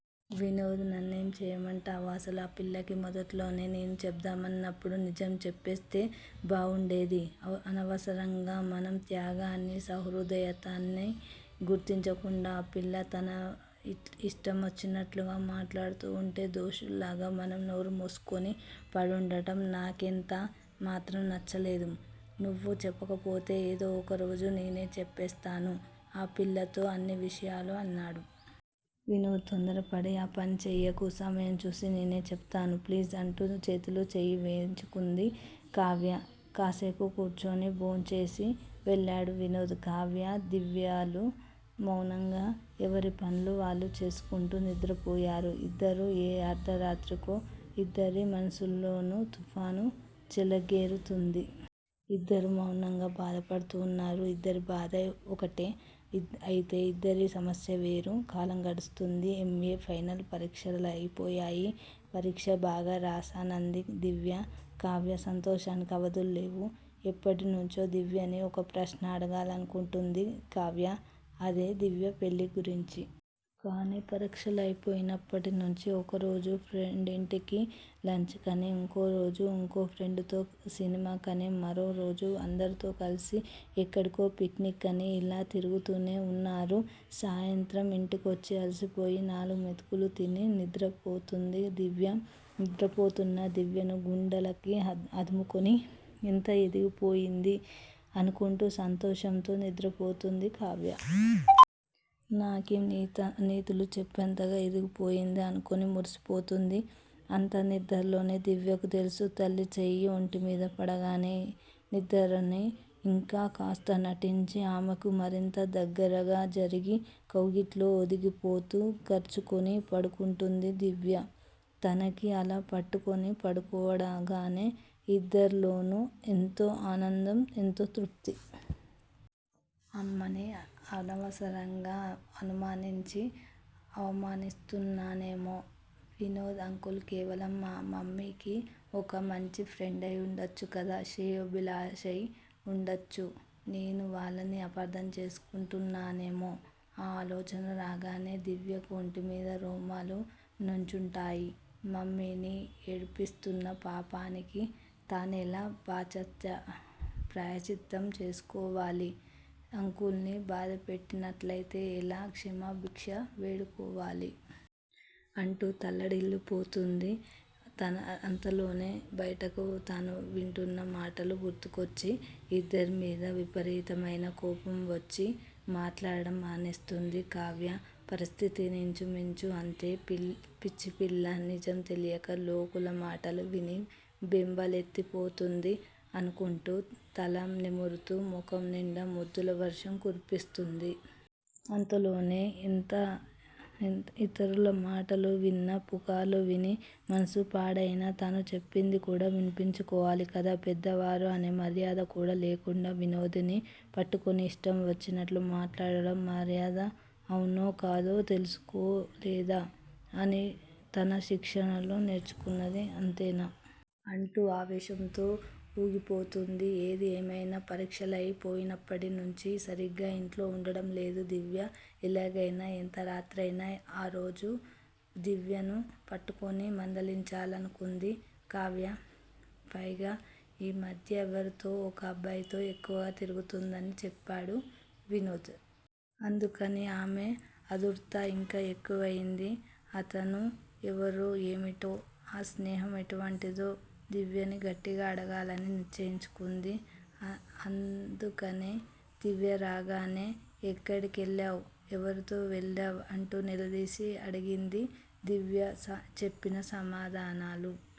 వినోద్! నన్నేం చెయ్యమంటావ్? అసలు ఆపిల్లకి మొదట్లోనే, నేను చెబ్దామన్నప్పుడు, నిజం చెప్పేస్తే బాగుండేది! అనవసరంగా, మన త్యాగాన్నీ, సహృదయతనీ గుర్తించకుండా, ఆ పిల్ల తన ఇష్టమొచ్చినట్టు మాట్లాడుతూ వుంటే, దోషుల్లాగా మనం నోరుమూసుకుని పడుండడం, నాకెంత మాత్రం నచ్చలేదు. నువ్వు చెప్పకపోతే, ఏదో ఒక రోజు నేనే చెప్పేస్తాను ఆ పిల్లతో అన్ని విషయాలూ అన్నాడు. వినోద్! తొందరపడి ఆ పని చెయ్యకు. సమయం చూసి నేనే చెబుతాను. ప్లీజ్! అంటూ చేతిలో చెయ్యి వేయించుకుంది కావ్య! కాస్సేపు కూర్చుని, భోంచేసి వెళ్ళాడు వినోద్! కావ్యా, దివ్యలు మౌనంగా ఎవరి పన్లు వాళ్లు చేసుకుంటూ, నిద్రపోయారు ఇద్దరూ ఏ అర్దరాత్రికో! ఇద్దరి మనసుల్లోనూ తుఫాను చెలగేరుతోంది! ఇద్దరూ మౌనంగా బాధపడుతూ వున్నారు. ఇద్దరి బాధా ఒక్కటే అయితే ఇద్దరి సమస్యలే వేరు. కాలం గడుస్తోంది. ఎమ్. ఏ. ఫైనల్ పరీక్షలయిపోయాయి. పరీక్షలు బాగానే రాశానంది దివ్య! కావ్య సంతోషానికి అవధుల్లేవు! ఎప్పటి నుంచో దివ్యని ఒకప్రశ్న అడగాలనుకుంటోంది కావ్య! అదే దివ్య పెళ్ళి గురించి. కానీ, పరీక్షలయిపోయినప్పటినుంచీ, ఒకరోజు ఫ్రెండింటికి లంచ్ కనీ, ఇంకోరోజు ఇంకో ఫ్రెండుతో సినిమాకనీ, మరో రోజు అందరూ కలిసి ఎక్కడికో పిక్నిక్ కనీ, ఇలా తిరుగుతూనే వున్నారు. సాయంత్రం ఇంటికొచ్చి అలిసిపోయి, నాలుగు మెతుకులు తిని నిద్రపోతోంది దివ్య! నిద్రపోతూన్న దివ్యని గుండెలకి అదుముకుని ఎంత ఎదిగిపోయిందీ అనుకుంటూ సంతోషంతో నిద్రపోతుంది కావ్య! నాకే నీతులు చెప్పేంతగా ఎదిగిపోయింది! అనుకుని మురిసిపోతుంది! అంత నిద్దరలోనూ దివ్యకి తెలుసు, తల్లి చెయ్యి వొంటిమీద పడగానే, నిద్దరని ఇంకా కాస్త నటించి, ఆమెకి మరింత దగ్గరగా జరిగి, కౌగిట్లో ఒదిగిపోతూ, కరుచుకుని పడుకుంటుంది! దివ్య తనని అలా పట్టుకుని పడుకోగానే, ఇద్దరిలోనూ, ఎంతో ఆనందం, ఎంతో తృప్తి! అమ్మని అనవసరంగా అనుమానించి, అవమానిస్తున్నానేమో! వినోద్ అంకుల్ కేవలం మా మమ్మీకి, ఒక మంచి ఫ్రెండయి వుండొచ్చు కదా! శ్రేయోభిలాషై వుండొచ్చు! నేనే వాళ్ళని అపార్ధం చేసుకుంటున్నానేమో? ఆ ఆలోచన రాగానే, దివ్యకి వొంటిమీద రోమాలు నంచుంటాయ్! మమ్మీని ఏడిపిస్తున్న పాపానికీ, తానెలా ప్రాయశ్చిత్తం చేసుకోవాలి? అంకుల్ ని బాధపెట్టినట్టయితే, ఎలా క్షమాభిక్ష వేడుకోవాలి? అంటూ తల్లడిల్లిపోతుంది. అంతలోనే, బయట తను వింటూన్న మాటలు గుర్తుకొచ్చి, ఇద్దరి మీదా విపరీతమయిన కోపం వొచ్చి, మాట్లాడ్డం మానేస్తుంది. కావ్య పరిస్థితీ ఇంచు మించు అంతే! పిచ్చిపిల్ల! నిజం తెలీక, లోకుల మాటలు విని, బెంబలెత్తి పోతోంది. అనుకుంటూ తల నిమురుతూ, ముఖం నిండా ముద్దుల వర్షం కురిపిస్తుంది! అంతలోనే, ఎంత ఇతరుల మాటలు విన్నా, పుకార్లు విని మనసు పాడయినా, తను చెప్పింది కూడా వినిపించుకోవాలి కదా! పెద్దవారూ అనే మర్యాద కూడా లేకుండా, వినోద్ ని పట్టుకుని ఇష్టం ఒచ్చినట్టు మాట్లాడడం, మర్యాద అవునో కాదో తెలసుకోలేదా? తన శిక్షణలో నేర్చుకున్నది. అంతేనా? అంటూ, ఆవేశంతో ఊగిపోతుంది. ఏది ఏమైనా, పరీక్షలయి పోయినప్పటి నుంచీ, సరిగ్గా ఇంట్లో వుండడం లేదు. దివ్య! ఎలాగైనా, ఎంత రాత్రైనా, ఆ రోజు దివ్యని పట్టుకుని మందలించాలను కుంది కావ్య! పైగా ఈ మధ్య ఎవరితోనో, ఒక అబ్బాయితో ఎక్కువ తిరుగుతోందని చెప్పాడు వినోద్! అందుకని ఆమెలో ఆదూర్దా ఇంకా ఎక్కువైంది! అతను ఎవరో ఏమిటో, ఆ స్నేహం ఎటువంటిదో, దివ్యని గట్టిగా అడగాలని నిశ్చయించుకుంది! అందుకనే దివ్య రాగానే 'ఎక్కడి కెళ్ళావ్? ఎవరితో వెళ్ళావ్' అంటూ నిలదీసి అడిగింది! దివ్య చెప్పిన సమాధానాలు